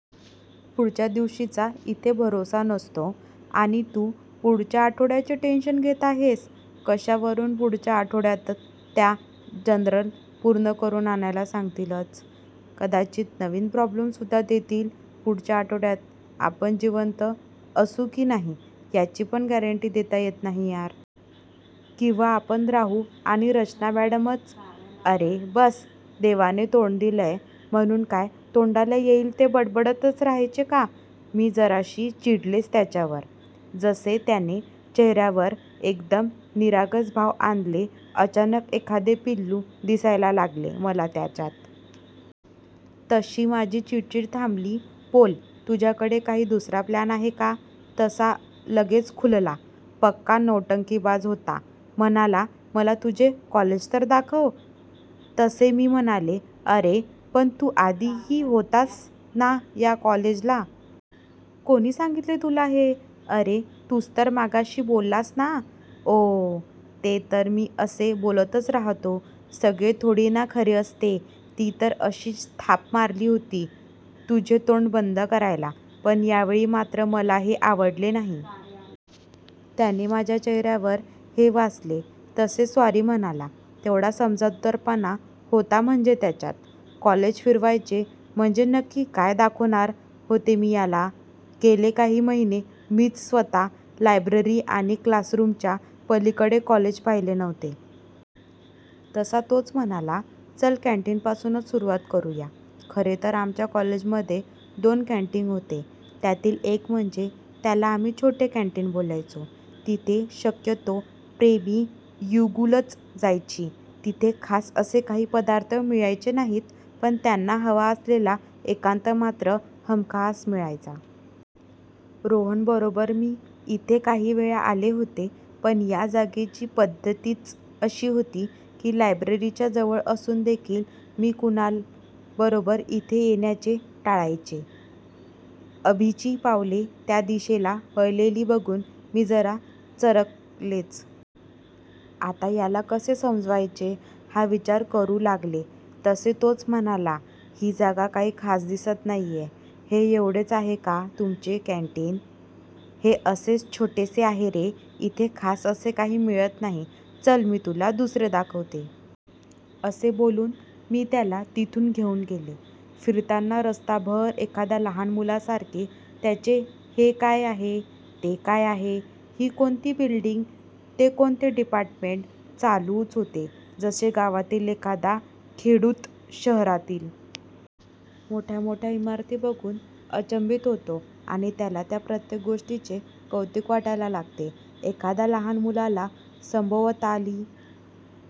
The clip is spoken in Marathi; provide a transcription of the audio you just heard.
पुढच्या दिवसाचा इथे भरवसा नसतो आणि तू पुढच्या आठवड्याचे टेंशन घेत आहेस.. कशावरून पुढच्या आठवड्यात त्या जर्नल पूर्ण करून आणायला सांगतीलच.. कदाचित नवीन प्रॉब्लेमसुद्धा देतील.. पुढच्या आठवड्यात आपण जिवंत असू की नाही याची पण गॅरंटी देता येत नाही यार.. किंवा आपण राहू आणि रचना मॅडमच""अरे बस!! देवाने तोंड दिलेय म्हणून काय तोंडाला येईल ते बडबडतच राहायचे का? " मी जराशी चिडलेच त्याच्यावर. तसे त्याने चेहर्यावर एकदम निरागस भाव आणले. अचानक एखादे पिल्लू दिसायला लागले मला त्याच्यात. तशी माझी चिडचिड थांबली. "बोल, तुझ्याकडे काही दुसरा प्लॅन आहे का? तसा लगेच खुलला. पक्का नौटंकीमास्टर होता. म्हणाला, "मला तुझे कॉलेज तर दाखव. "तसे मी म्हणाले, "अरे पण तू आधी ही होतास ना या कॉलेजला.. ""कोणी सांगितले तुला हे? ""अरे तूच तर मगाशी बोललास ना? ""ओह्ह, ते तर मी असे बोलतच राहतो. सगळे थोडी ना खरे असते. ती तर अशीच थाप मारली होती, तुझे तोंड बंद करायला. पण यावेळी मात्र मला हे आवडले नाही. त्याने माझ्या चेहर्यावर हे वाचले तसे सॉरी म्हणाला.. तेवढा समजूतदारपणा होता म्हणजे त्याच्यात.. कॉलेज फिरवायचे म्हणजे नक्की काय दाखवणार होते मी याला. गेले काही महिने मीच स्वता लायब्ररी आणि क्लासरूमच्या पलीकडे कॉलेज पाहिले नव्हते. तसा तोच म्हणाला चल कॅंटीनपासूनच सुरूवात करूया. खरे तर आमच्या कॉलेजमध्ये दोन कॅंटीन होते. त्यातील एक म्हणजे ज्याला आम्ही छोटे कॅंटीन बोलायचो, तिथे शक्यतो प्रेमी युगुलच जायची. तिथे खास असे काही पदार्थ मिळायचे नाहीत पण त्यांना हवा असलेला एकांत मात्र हमखास मिळायचा. रोहन बरोबर मी इथे काही वेळा आले होते. पण या जागेची प्रसिद्धीच अशी होती की लायब्ररीच्या जवळ असून देखील मी कुणाल बरोबर इथे येण्याचे टाळायचे. अभीची पावले त्या दिशेला वळलेली बघून मी जरा चरकलेच. आता याला कसे समजवायचे हा विचार करू लागले तसे तोच म्हणाला, "ही जागा काही खास दिसत नाहिये, हे एवढेच आहे का तुमचे कॅंटीन? ""हे असेच छोटेसे आहे रे, इथे खास असे काही मिळत नाही, चल मी तुला दुसरे दाखवते. " असे बोलून मी त्याला तिथून घेऊन गेले. फिरताना रस्ताभर एखाद्या लहान मुलासारखे त्याचे हे काय आहे, ते काय आहे, ही कोणती बिल्डींग, ते कोणते डिपार्टमेंट चालूच होते. जसे गावातील एखादा खेडूत शहरातील मोठ्या मोठ्या इमारती बघून अचंबित होतो आणि त्याला त्या प्रत्येक गोष्टीचे कौतुक वाटायला लागते, एखाद्या लहान मुलाला सभोवताली